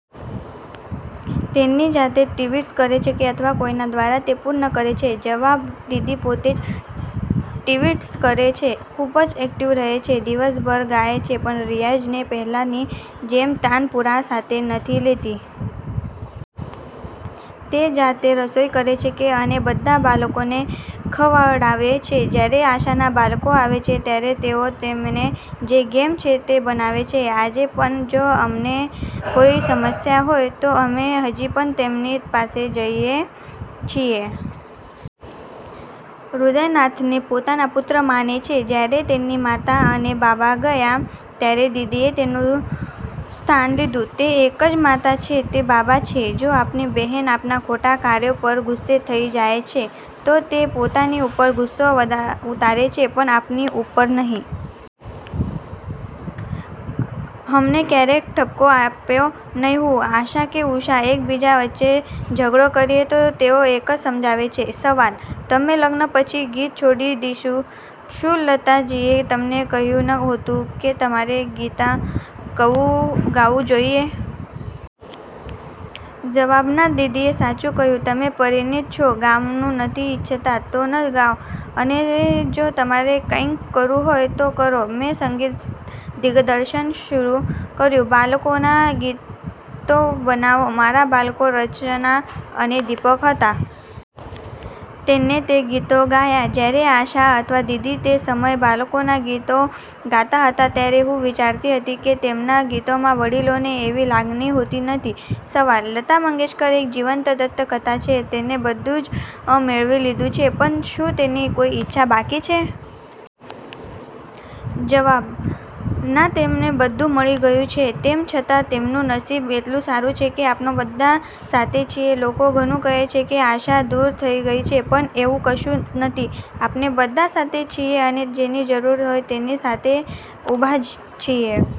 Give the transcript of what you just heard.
તેણી જાતે જ ટ્વિટ કરે છે અથવા કોઈના દ્વારા તે પૂર્ણ કરે છે? જવાબ: દીદી પોતે જ ટ્વીટ્સ કરે છે, ખૂબ જ એક્ટિવ રહે છે, દિવસભર ગાય છે પણ રિયાઝને પહેલાંની જેમ તનપુરા સાથે નથી લેતી. તે જાતે રસોઇ કરે છે અને બધા બાળકોને ખવડાવે છે. જ્યારે આશાના બાળકો આવે છે, ત્યારે તેઓ તેમને જે ગમે છે તે બનાવે છે. આજે પણ, જો અમને કોઈ સમસ્યા હોય, તો અમે હજી પણ તેમની પાસે જઇએ છીએ. હદયનાથને પોતાનો પુત્ર માને છે, જ્યારે તેની માતા અને બાબા ગયા, ત્યારે દીદીએ તેનું સ્થાન લીધું. તે એક જ માતા છે, તે બાબા છે. જો આપણી બહેન આપણા ખોટા કાર્યો પર ગુસ્સે થઈ જાય છે, તો તે પોતાની ઉપર ગુસ્સો ઉતારે છે પરંતુ આપણી ઉપર નહીં. અમને ક્યારેય ઠપકો આપ્યો નહીં. હું, આશા કે ઉષા એક બીજા વચ્ચે ઝઘડો કરે છે, તેઓ એક જ સમજાવે છે.. સવાલ: તમે લગ્ન પછી ગીત છોડી દીધું, શું લતાજીએ તમને કહ્યું ન હતું કે તમારે ગીત ગાવું જોઈએ? જવાબ: ના, દીદીએ સાચું કહ્યું, તમે પરિણીત છો, ગાવાનું નથી ઇચ્છતા, ગાતા નથી અને જો તમારે કંઇક કરવું હોય તો. મેં સંગીત દિગ્દર્શન શરૂ કર્યું. બાળકોનાં ગીતો બનાવો. મારા બાળકો રચના અને દિપક હતા. તેણે તે ગીતો ગાયાં. જ્યારે આશા અથવા દીદી તે સમયે બાળકોના ગીતો ગાતા હતા, ત્યારે હું વિચારતી હતી કે, તેમના ગીતોમાં વડીલોની આવી લાગણી હોતી નથી.. સવાલ: લતા મંગેશકર એક જીવંત દંતકથા છે, તેણે બધું જ મેળવી લીધું છે, પરંતુ શું તેની કોઈ ઇચ્છા બાકી છે? જવાબ: ના, તેઓને બધું મળી ગયું છે, તેમ છતાં તેમનું નસીબ એટલું સારું છે કે આપણે બધા સાથે છીએ. લોકો કેટલું કહે છે કે આશા દૂર થઈ ગઈ છે કંઈ નથી આપણે બધા સાથે છીએ અને જેની જરૂર છે.